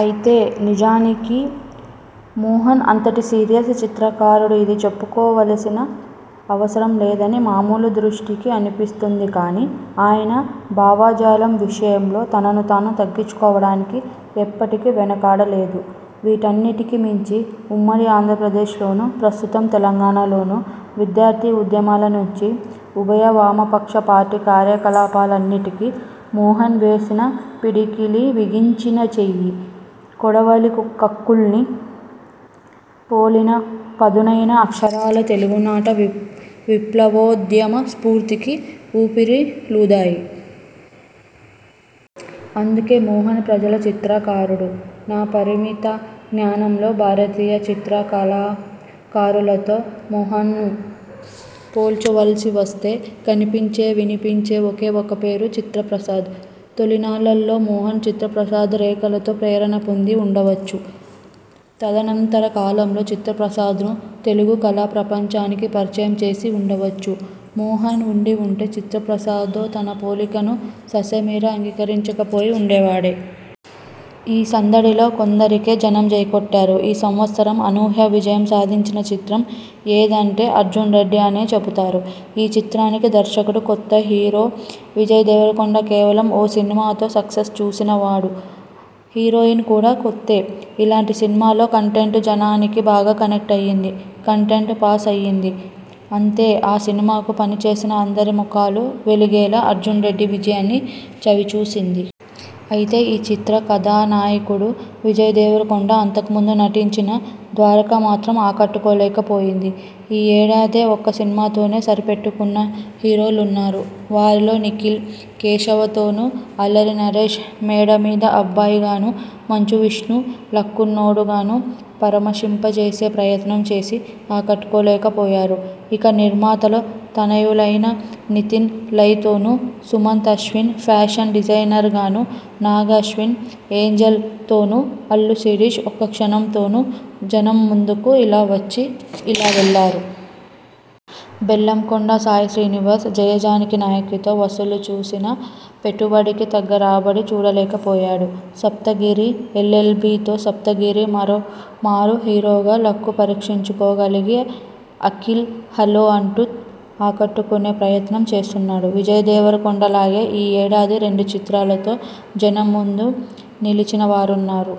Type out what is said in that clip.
అయితే నిజానికి మోహన్ అంతటి సీరియస్ చిత్రకారుడు ఇది చెప్పుకోవలసిన అవసరం లేదని మామూలు దృష్టికి అనిపిస్తుంది కానీ, ఆయన భావజాలం విషయంలో తనను తాను తగ్గించుకోవడానికి ఎప్పటికీ వెనకాడలేదు. వీటన్నింటికీ మించి ఉమ్మడి ఆంధ్రప్రదేశ్లోనూ, ప్రస్తుతం తెలంగాణలోనూ విద్యార్థి ఉద్యమాల నుంచి, ఉభయ వామపక్ష పార్టీ కార్యకలాపాలన్నింటికీ మోహన్ వేసిన పిడికిలి బిగించిన చెయ్యి, కొడవలి కక్కుల్ని పోలిన పదునైన అక్షరాల తెలుగునాట విప్లవోద్యమ స్ఫూర్తికి ఊపిరిలూదాయి. అందుకే మోహన్ ప్రజల చిత్రకారుడు. నా పరిమిత జ్ఞానంలో భారతీయ చిత్రకారులతో మోహన్ను పోల్చవలసి వస్తే కనిపించే, వినిపించే ఒకే ఒక పేరు చిత్త ప్రసాద్. తొలినాళ్లలో మోహన్ చిత్తప్రసాద్ రేఖలతో ప్రేరణ పొంది వుండవచ్చు, తదనంతర కాలంలో చిత్తప్రసాద్ను తెలుగు కళా ప్రపంచానికి పరిచయం చేసి వుండవచ్చు, మోహన్ వుండి వుంటే చిత్తప్రసాద్తో తన పోలికను ససేమిరా అంగీకరించకపోయి వుండేవాడే! ఈ సందడిలో కొందరికే జనం జై కొట్టారు. ఈ సంవత్సరం అనూహ్య విజయం సాధించిన చిత్రం ఏది అంటే 'అర్జున్ రెడ్డి' అనే చెబుతారు. ఈ చిత్రానికి దర్శకుడు కొత్త, హీరో విజయ్ దేవరకొండ కేవలం ఓ సినిమాతో సక్సెస్ చూసినవాడు, హీరోయిన్ కూడా కొత్తే- ఇలాంటి సినిమాలోని కంటెంట్ జనానికి బాగా కనెక్ట్ అయింది- కంటెంట్ పాస్ అయింది- అంతే ఆ సినిమాకు పనిచేసిన అందరి ముఖాలు వెలిగేలా 'అర్జున్ రెడ్డి' విజయాన్ని చవిచూసింది. అయితే ఈ చిత్ర కథానాయకుడు విజయ్ దేవరకొండ అంతకుముందు నటించిన 'ద్వారక' మాత్రం ఆకట్టుకోలేకపోయింది. ఈ యేడాదే ఒక్క సినిమాతోనే సరిపెట్టుకున్న హీరోలున్నారు. వారిలో నిఖిల్ 'కేశవ'తోనూ, అల్లరినరేశ్ 'మేడమీద అబ్బాయి'గానూ, మంచు విష్ణు 'లక్కున్నోడు'గానూ పరమశింప చేసే ప్రయత్నం చేసి ఆకట్టుకోలేకపోయారు. ఇక నిర్మాతలు తనయులైన నితిన్ 'లై'తోనూ, సుమంత్ అశ్విన్ 'ఫ్యాషన్ డిజైనర్'గానూ, నాగ అశ్విన్ 'ఏంజెల్'తోనూ, అల్లు శిరీష్ 'ఒక్క క్షణం'తోనూ జనం ముందుకు ఇలా వచ్చి ఇలా వెళ్ళారు. బెల్లంకొండ సాయిశ్రీనివాస్ 'జయ జానకి నాయకి'తో వసూళ్ళు చూసినా, పెట్టుబడికి తగ్గ రాబడి చూడలేకపోయాడు. 'సప్తగిరి ఎల్. ఎల్. బి'తో సప్తగిరి మరోమారు హీరోగా లక్కు పరీక్షించుకోగలిగి అఖిల్ 'హలో' అంటూ ఆకట్టుకొనే ప్రయత్నం చేస్తున్నాడు. విజయ్ దేవరకొండలాగే ఈ ఏడాది రెండు చిత్రాలతో జనం ముందు నిలిచినవారున్నారు.